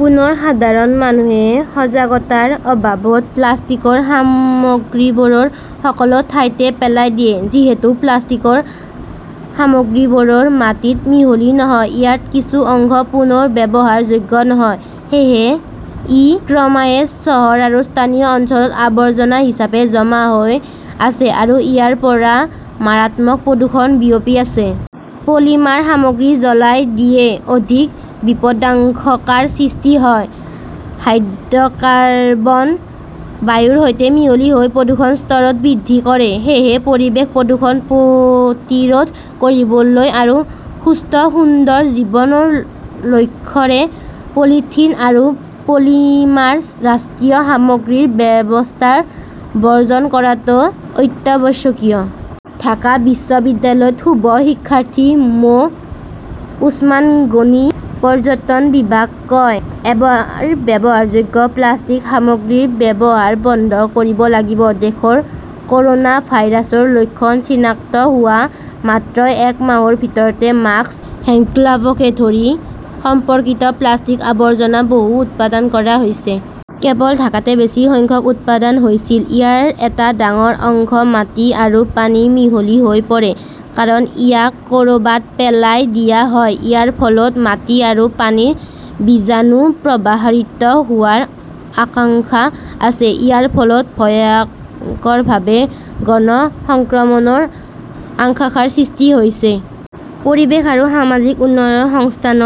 পুনৰ সাধাৰণ মানুহে সজাগতাৰ অভাৱত প্লাষ্টিকৰ সামগ্ৰীবোৰ সকলো ঠাইতে পেলাই দিছে। যিহেতু প্লাষ্টিকৰ সামগ্ৰীবোৰ মাটিত মিহলি নহয়, ইয়াৰ কিছু অংশ পুনৰ ব্যৱহাৰ যোগ্য নহয়, সেয়েহে ই ক্ৰমান্বয়ে চহৰ আৰু স্থানীয় অঞ্চলত আৱৰ্জনা হিচাপে জমা হৈ আছে আৰু ইয়াৰ পৰাই মাৰাত্মক প্ৰদূষণ বিয়পি আছে। পলিমাৰ সামগ্ৰী জ্বলাই দিলে অধিক বিপদাশংকাৰ সৃষ্টি হয়। হাইড্ৰ'কাৰ্বন বায়ুৰ সৈতে মিহলি হৈ প্ৰদূষণৰ স্তৰ বৃদ্ধি কৰে। সেয়েহে পৰিৱেশ প্ৰদূষণ প্ৰতিৰোধ কৰিবলৈ আৰু সুস্থ-সুন্দৰ জীৱনৰ লক্ষ্যৰে পলিথিন আৰু পলিমাৰ ৰাষ্ট্ৰীয় সামগ্ৰীৰ ব্যৱহাৰ বৰ্জন কৰাটো অত্যাৱশ্যকীয়। ঢাকা বিশ্ববিদ্যালয়ৰ শুভ শিক্ষাৰ্থী মো. ওছমান গনি ,পৰ্যটন বিভাগ কয় "এবাৰ ব্যৱহাৰযোগ্য প্লাষ্টিক সামগ্ৰীৰ ব্যৱহাৰ বন্ধ কৰিব লাগিব"। দেশত কৰ'না ভাইৰাছৰ লক্ষণ চিনাক্ত হোৱাৰ মাত্ৰই এক মাহৰ ভিতৰতে মাস্ক, হেণ্ডগ্লাভকে ধৰি সম্পৰ্কিত প্লাষ্টিকৰ আৱৰ্জনা বহুত উৎপাদন কৰা হৈছে। কেৱল ঢাকাতে বেছি সংখ্যক উৎপাদন হৈছিল। ইয়াৰ এটা ডাঙৰ অংশ মাটি আৰু পানীত মিহলি হৈ পৰে কাৰণ ইয়াক ক'ৰবাত পেলাই দিয়া হয়। ইয়াৰ ফলত মাটি আৰু পানীত জীৱাণু প্ৰসাৰিত হোৱাৰ আশংকা আছে। ইয়াৰ ফলত ভয়ংকৰভাৱে গণ সংক্ৰমণৰ আশংকাৰ সৃষ্টি হৈছে। পৰিৱেশ আৰু সামাজিক উন্নয়ন সংস্থাৰ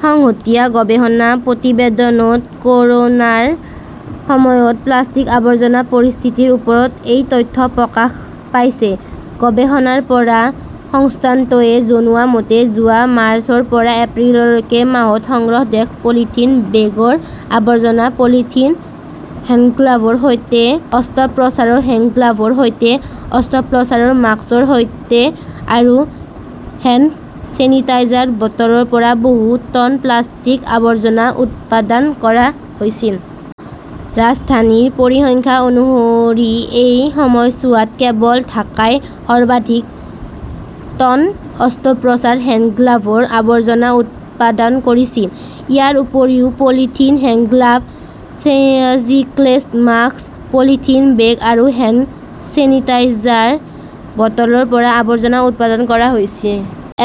শেহতীয়া গৱেষণা প্ৰতিবেদনত ক'ৰোনাৰ সময়ত প্লাষ্টিকৰ আৱৰ্জনাৰ পৰিস্থিতিৰ ওপৰত এই তথ্য প্ৰকাশ পাইছে। গৱেষণাৰ পৰা সংস্থাটোৱে জনোৱা মতে, যোৱা মাৰ্চৰ পৰা এপ্ৰিললৈকে মাহত সমগ্ৰ দেশতে পলিথিন বেগৰ আৱৰ্জনা, পলিথিন হেণ্ডগ্লাভৰ সৈতে, অস্ত্ৰোপচাৰৰ হেণ্ডগ্লাভৰ সৈতে, অস্ত্ৰোপচাৰৰ মাস্কৰ সৈতে আৰু হেণ্ড ছেনিটাইজাৰৰ বটলৰ পৰা বহুত টন প্লাষ্টিকৰ আৱৰ্জনা উৎপাদন কৰা হৈছিল। ৰাজধানীৰ পৰিসংখ্যা অনুসৰি, এই সময়ছোৱাত কেৱল ঢাকাই সৰ্বাধিক টন অস্ত্ৰোপচাৰৰ হেণ্ডগ্লাভৰ আৱৰ্জনা উৎপাদন কৰিছিল। ইয়াৰ উপৰিও polythene hand glove, surgical mask, polythene bag আৰু হেণ্ড ছেনিটাইজাৰৰ বটলৰ পৰা আৱৰ্জনা উৎপাদন কৰা হৈছে।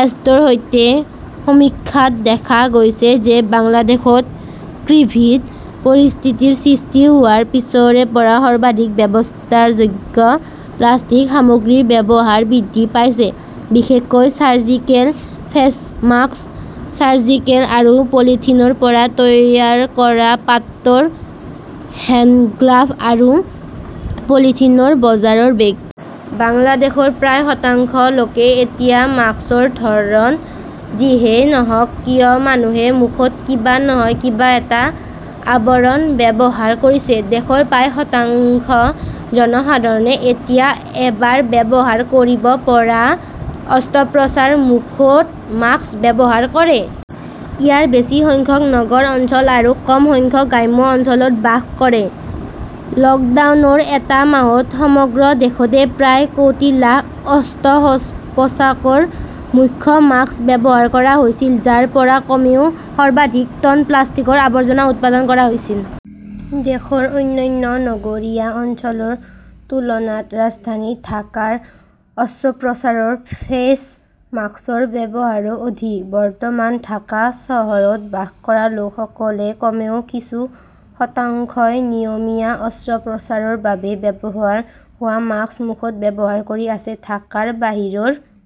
এছডোৰ সেই সমীক্ষাত দেখা গৈছে যে বাংলাদেশত ক'ভিড পৰিস্থিতিৰ সৃষ্টি হোৱাৰ পিছৰে পৰা সৰ্বাধিক ব্যৱহাৰযোগ্য প্লাষ্টিক সামগ্ৰীৰ ব্যৱহাৰ বৃদ্ধি পাইছে বিশেষকৈ চাৰ্জিকেল ফেছ মাস্ক, চাৰ্জিকেল আৰু পলিথিনৰ পৰা তৈয়াৰ কৰা পাতল হেণ্ডগ্লাভ আৰু পলিথিনৰ বজাৰৰ বেগ। বাংলাদেশৰ প্ৰায় শতাংশ লোকে এতিয়া মাস্কৰ ধৰণ যিয়েই নহওক কিয়, মানুহে মুখত কিবা নহয় কিবা এটা আৱৰণ ব্যৱহাৰ কৰিছে। দেশৰ প্ৰায় শতাংশ জনসাধাৰণে এতিয়া এবাৰ ব্যৱহাৰ কৰিব পৰা অস্ত্ৰোপচাৰৰ মুখত মাস্ক ব্যৱহাৰ কৰে। ইয়াৰ বেছি সংখ্যক নগৰ অঞ্চলত আৰু কম সংখ্যক গ্ৰাম্য অঞ্চলত বাস কৰে। লকডাউনৰ এটা মাহত সমগ্ৰ দেশতে প্ৰায় কোটি লাখ অস্ত্ৰোপচাৰৰ মুখৰ মাস্ক ব্যৱহাৰ কৰা হৈছিল, যাৰ পৰা কমেও সৰ্বাধিক টন প্লাষ্টিকৰ আৱৰ্জনা উৎপাদন কৰা হৈছিল। দেশৰ অন্যান্য নগৰীয়া অঞ্চলৰ তুলনাত ৰাজধানী ঢাকাত অস্ত্ৰোপচাৰৰ ফেইচ মাস্কৰ ব্যৱহাৰো অধিক। বৰ্তমান ঢাকা চহৰত বাস কৰা লোকসকলৰ কমেও কিছু শতাংশই নিয়মীয়া অস্ত্ৰোপচাৰৰ বাবে ব্যৱহাৰ হোৱা মাস্ক মুখত ব্যৱহাৰ কৰি আছে। ঢাকাৰ বাহিৰৰ